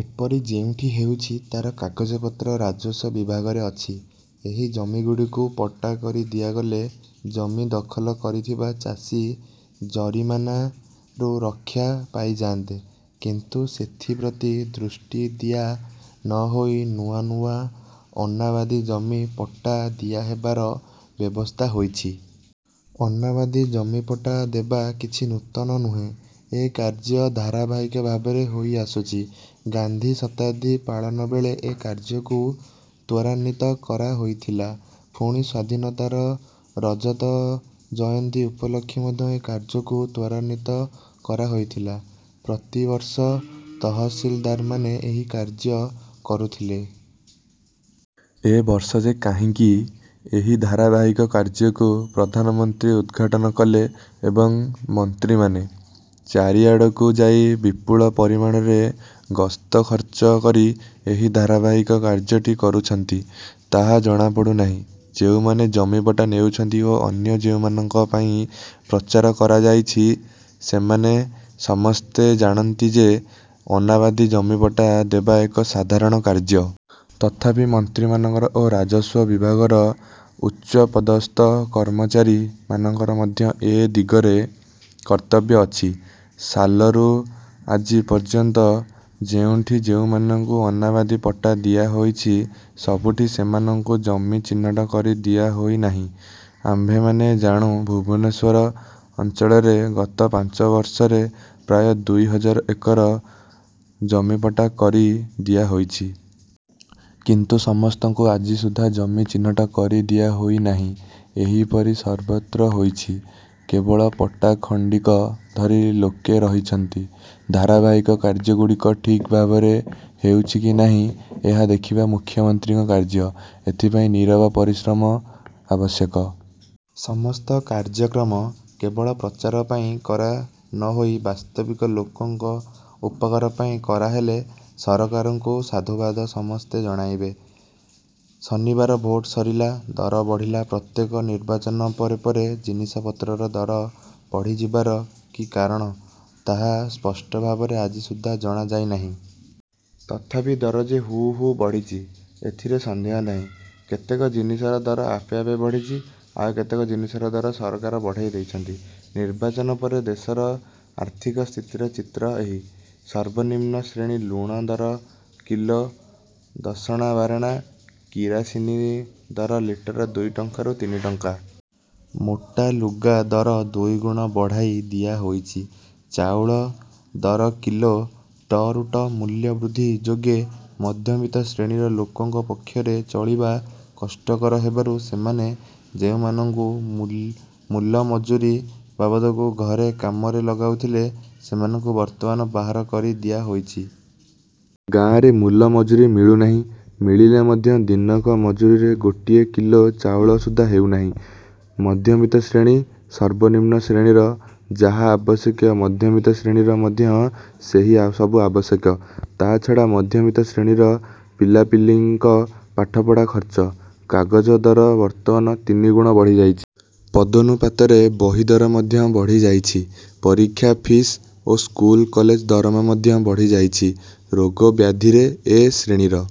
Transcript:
ଏପରି ଯେଉଁଠି ହେଉଛି ତା'ର କାଗଜପତ୍ର ରାଜସ୍ୱ ବିଭାଗରେ ଅଛି। ଏହି ଜମିଗୁଡ଼ିକୁ ପଟ୍ଟା କରି ଦିଆଗଲେ ଜମି ଦଖଲ କରିଥିବା ଚାଷୀ ଜରିମାନାରୁ ରକ୍ଷା ପାଇଯାଆନ୍ତେ। କିନ୍ତୁ ସେଥିପ୍ରତି ଦୃଷ୍ଟି ଦିଆ ନହୋଇ ନୂଆ ନୂଆ ଅନାବାଦୀ ଜମି ପଟ୍ଟା ଦିଆହେବାର ବ୍ୟବସ୍ଥା ହୋଇଛି। ଅନାବାଦୀ ଜମିପଟ୍ଟା ଦେବା କିଛି ନୂତନ ନୁହେଁ। ଏ କାର୍ଯ୍ୟ ଧାରାବାହିକ ଭାବରେ ହୋଇଆସୁଛି। ଗାନ୍ଧୀ ଶତାବ୍ଦୀ ପାଳନ ବେଳେ ଏ କାର୍ଯ୍ୟକୁ ତ୍ୱରାନ୍ୱିତ କରାହୋଇଥିଲା। ପୁଣି ସ୍ୱାଧୀନତାର ରଜତ ଜୟନ୍ତୀ ଉପଲକ୍ଷେ ମଧ୍ୟ ଏ କାର୍ଯ୍ୟକୁ ତ୍ୱରାନ୍ୱିତ କରାହୋଇଥିଲା। ପ୍ରତିବର୍ଷ ତହସିଲଦାରମାନେ ଏ କାର୍ଯ୍ୟ କରୁଥିଲେ-। ଏ ବର୍ଷ ଯେ କାହିଁକି ଏହି ଧାରାବାହିକ କାର୍ଯ୍ୟକୁ ପ୍ରଧାନମନ୍ତ୍ରୀ ଉଦ୍ଘାଟନ କଲେ ଏବଂ ମନ୍ତ୍ରୀମାନେ। ଚାରିଆଡ଼କୁ ଯାଇ ବିପୁଳ ପରିମାଣରେ ଗସ୍ତ ଖର୍ଚ୍ଚ କରି ଏହି ଧାରାବାହିକ କାର୍ଯ୍ୟଟି କରୁଛନ୍ତି ତାହା ଜଣାପଡ଼ୁ ନାହିଁ। ଯେଉଁମାନେ ଜମିପଟ୍ଟା ନେଉଛନ୍ତି ଓ ଅନ୍ୟ ଯେଉଁମାନଙ୍କ ପାଇଁ ପ୍ରଚାର କରାଯାଇଛି, ସେମାନେ ସମସ୍ତେ ଜାଣନ୍ତି ଯେ ଅନାବାଦୀ ଜମିପଟ୍ଟା ଦେବା ଏକ ସାଧାରଣ କାର୍ଯ୍ୟ। ତଥାପି ମନ୍ତ୍ରୀମାନଙ୍କର ଓ ରାଜସ୍ୱ ବିଭାଗର ଉଚ୍ଚପଦସ୍ଥ କର୍ମଚାରୀ ମାନଙ୍କର ମଧ୍ୟ ଏ ଦିଗରେ କର୍ତ୍ତବ୍ୟ ଅଛି। ସାଲରୁ ଆଜି ପର୍ଯ୍ୟନ୍ତ ଯେଉଁଠି ଯେଉଁମାନଙ୍କୁ ଅନାବାଦୀ ପଟ୍ଟା ଦିଆହୋଇଛି ସବୁଠି ସେମାନଙ୍କୁ ଜମି ଚିହ୍ନଟ କରି ଦିଆହୋଇ ନାହିଁ। ଆମ୍ଭେମାନେ ଜାଣୁଁ ଭୁବନେଶ୍ୱର ଅଞ୍ଚଳରେ ଗତ ପାଞ୍ଚ ବର୍ଷରେ ପ୍ରାୟ ଦୁଇ ହଜାର ଏକର ଜମିପଟ୍ଟା କରି ଦିଆହୋଇଛି-। କିନ୍ତୁ ସମସ୍ତଙ୍କୁ ଆଜି ସୁଦ୍ଧା ଜମି ଚିହ୍ନଟ କରି ଦିଆହୋଇ ନାହିଁ। ଏହିପରି ସର୍ବତ୍ର ହୋଇଛି-। କେବଳ ପଟ୍ଟା ଖଣ୍ଡିକ ଧରି ଲୋକେ ରହିଛନ୍ତି। ଧାରାବାହିକ କାର୍ଯ୍ୟଗୁଡ଼ିକ ଠିକ ଭାବରେ ହେଉଛି କି ନାହିଁ, ଏହା ଦେଖିବା ମନ୍ତ୍ରୀମାନଙ୍କ କାର୍ଯ୍ୟ। ଏଥିପାଇଁ ନୀରବ ପରିଶ୍ରମ ଆବଶ୍ୟକ-। ସମସ୍ତ କାର୍ଯ୍ୟକ୍ରମ କେବଳ ପ୍ରଚାର ପାଇଁ କରା ନହୋଇ ବାସ୍ତବିକ ଲୋକଙ୍କ ଉପକାର ପାଇଁ କରାହେଲେ ସରକାରଙ୍କୁ ସାଧୁବାଦ ସମସ୍ତେ ଜଣାଇବେ। ଶନିବାର ଭୋଟ ସରିଲା; ଦର ବଢ଼ିଲା ପ୍ରତ୍ୟେକ ନିର୍ବାଚନ ପରେ ପରେ ଜିନିଷପତ୍ରର ଦର ବଢ଼ିଯିବାର କି କାରଣ ତାହା ସ୍ପଷ୍ଟ ଭାବରେ ଆଜିସୁଦ୍ଧା ଜଣା ଯାଇନାହିଁ। ତଥାପି ଦର ଯେ ହୁ ହୁ ବଢ଼ିଛି ଏଥିରେ ସନ୍ଦେହ ନାହିଁ। କେତେକ ଜିନିଷର ଦର ଆପେ ଆପେ ବଢ଼ିଛି; ଆଉ କେତେକ ଜିନିଷର ଦର ସରକାର ବଢ଼ାଇ ଦେଉଛନ୍ତି। ନିର୍ବାଚନ ପରେ ଦେଶର ଆର୍ଥିକ ସ୍ଥିତିର ଚିତ୍ର ଏହି- ସର୍ବନିମ୍ନ ଶ୍ରେଣୀ-ଲୁଣ ଦର କିଲୋ ଦଶଣା-ବାରଣା, କିରାସିନୀ ଦର ଲିଟର ଦୁଇ ଟଙ୍କାରୁ ତିନିଟଙ୍କା। ମୋଟା ଲୁଗା ଦର ଦୁଇଗୁଣ ବଢ଼ାଇ ଦିଆହୋଇଛି। ଚାଉଳ ଦର କିଲୋ ଟ ରୁ ଟ ମୂଲ୍ୟ ବୃଦ୍ଧି ଯୋଗେ ମଧ୍ୟବିତ୍ତ ଶ୍ରେଣୀର ଲୋକଙ୍କ ପକ୍ଷରେ ଚଳିବା କଷ୍ଟକର ହେବାରୁ ସେମାନେ ଯେଉଁମାନଙ୍କୁ ମୂଲ-ମଜୁରୀ ବାବଦକୁ ଘରେ କାମରେ ଲଗାଉଥିଲେ ସେମାନଙ୍କୁ ବର୍ତ୍ତମାନ ବାହାର କରି ଦିଆହେଉଛି। ଗାଁରେ ମୂଲ ମଜୁରୀ ମିଳୁନାହିଁ। ମିଳିଲେ ମଧ୍ୟ ଦିନକ ମଜୁରୀରେ ଗୋଟିଏ କିଲୋ ଚାଉଳ ସୁଦ୍ଧା ହେଉନାହିଁ। ମଧ୍ୟବର୍ତ୍ତୀ ଶ୍ରେଣୀ- ସର୍ବନିମ୍ନ ଶ୍ରେଣୀର ଯାହା ଆବଶ୍ୟକ ମଧ୍ୟବିତ୍ତ ଶ୍ରେଣୀର ମଧ୍ୟ ସେହିସବୁ ଆବଶ୍ୟକ। ତା' ଛଡ଼ା ମଧ୍ୟବିତ୍ତ ଶ୍ରେଣୀର ପିଲା-ପିଲିଙ୍କ ପାଠପଢ଼ା ଖର୍ଚ୍ଚ। କାଗଜ ଦର ବର୍ତ୍ତମାନ ତିନିଗୁଣ ବଢ଼ିଯାଇଛି। ତଦନୁପାତରେ ବହି ଦର ମଧ୍ୟ ବଢ଼ିଯାଇଛି। ପରୀକ୍ଷା ଫିସ୍ ଓ ସ୍କୁଲ କଲେଜ ଦରମା ମଧ୍ୟ ବଢ଼ିଯାଇଛି। ରୋଗ ବ୍ୟାଧିରେ ଏ ଶ୍ରେଣୀର